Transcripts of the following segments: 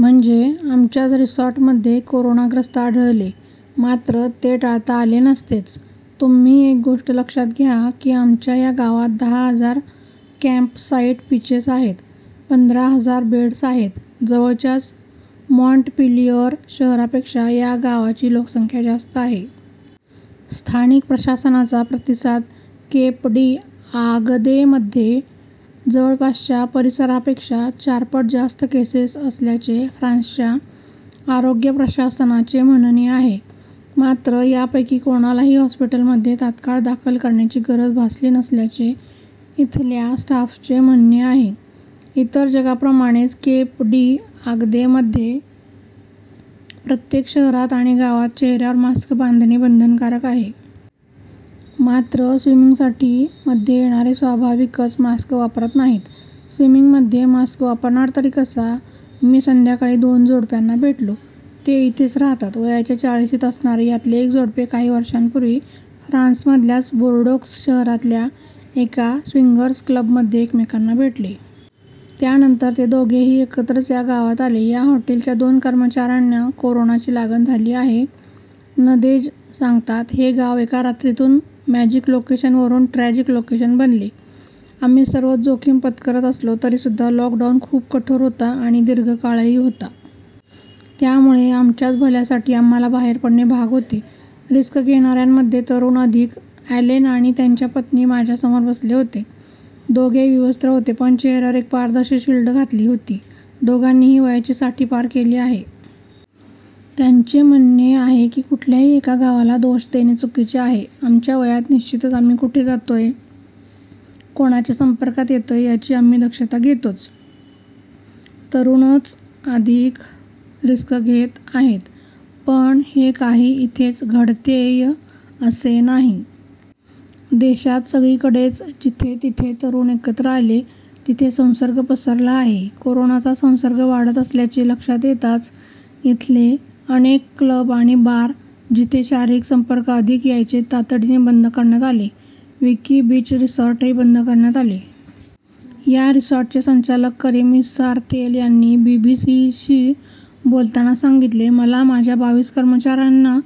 म्हणजे आमच्याच रिसॉर्टमध्ये कोरोनाग्रस्त आढळले. मात्र, ते टाळता आले नसतेच." "तुम्ही एक गोष्ट लक्षात घ्या की आमच्या या गावात दहा हजार कॅम्पसाईट पिचेस आहेत. पंधरा हजार बेड्स आहेत। जवळच्याच मॉन्टपिलिअर शहरापेक्षा या गावाची लोकसंख्या जास्त आहे." स्थानिक प्रशासनाचा प्रतिसाद केप डी-आगदेमध्ये जवळपासच्या परिसरापेक्षा चारपट जास्त केसेस असल्याचे फ्रान्सच्या आरोग्य प्रशासनाचे म्हणणे आहे. मात्र, यापैकी कोणालाही हॉस्पिटलमध्ये तात्काळ दाखल करण्याची गरज भासली नसल्याचे इथल्या स्टाफचे म्हणणे आहे. इतर जगाप्रमाणेच केप डी-आगदेमध्ये प्रत्येक शहरात आणि गावात चेहऱ्यावर मास्क बांधणे बंधनकारक आहे. मात्र, स्विंगिंगसाठी ' 'मध्ये येणारे स्वाभाविकच मास्क वापरत नाहीत. स्विंगींगमध्ये मास्क वापरणार तरी कसा? मी संध्याकाळी दोन जोडप्यांना भेटलो. ते इथेच राहतात. वयाच्या चाळीशीत असणारे यातले एक जोडपे काही वर्षांपूर्वी फ्रान्समधल्याच बॉर्डोक्स शहरातल्या एका स्विंगर्स क्लबमध्ये एकमेकांना भेटले. त्यानंतर ते दोघेही एकत्रच या गावात आले. या हॉटेलच्या दोन कर्मचाऱ्यांना कोरोनाची लागण झाली आहे. नदेज सांगतात, "हे गाव एका रात्रीतून मॅजिक लोकेशनवरून ट्रॅजिक लोकेशन बनले. आम्ही सर्वच जोखीम पत्करत असलो तरीसुद्धा लॉकडाऊन खूप कठोर होता आणि दीर्घकाळही होता. त्यामुळे आमच्याच भल्यासाठी आम्हाला बाहेर पडणे भाग होते." 'रिस्क घेणाऱ्यांमध्ये तरुण अधिक' ॲलेन आणि त्यांच्या पत्नी माझ्यासमोर बसले होते. दोघेही विवस्त्र होते. पण चेहऱ्यावर एक पारदर्शी शिल्ड घातली होती. दोघांनीही वयाची साठी पार केली आहे. त्यांचे म्हणणे आहे की कुठल्याही एका गावाला दोष देणे चुकीचे आहे. "आमच्या वयात निश्चितच आम्ही कुठे जातोय, कोणाच्या संपर्कात येतोय, याची आम्ही दक्षता घेतोच. तरुणच अधिक रिस्क घेत आहेत. पण हे काही इथेच घडतेय असे नाही. देशात सगळीकडेच जिथे-जिथे तरुण एकत्र आले तिथे संसर्ग पसरला आहे." कोरोनाचा संसर्ग वाढत असल्याचे लक्षात येताच इथले अनेक क्लब आणि बार जिथे शारीरिक संपर्क अधिक यायचे तातडीने बंद करण्यात आले. विकी बीच रिसॉर्टही बंद करण्यात आले. या रिसॉर्टचे संचालक करीम इसारतेल यांनी बीबीसीशी बोलताना सांगितले, "मला माझ्या बावीस कर्मचाऱ्यांना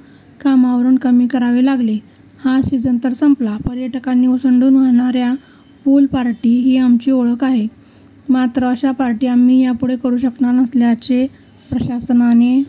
कामावरून कमी करावे लागले। हा सीझन तर संपला. पर्यटकांनी ओसंडून वाहणाऱ्या पूल पार्टी ही आमची ओळख आहे. मात्र, अशा पार्टी आम्ही यापुढे करू शकणार नसल्याचे प्रशासनाने"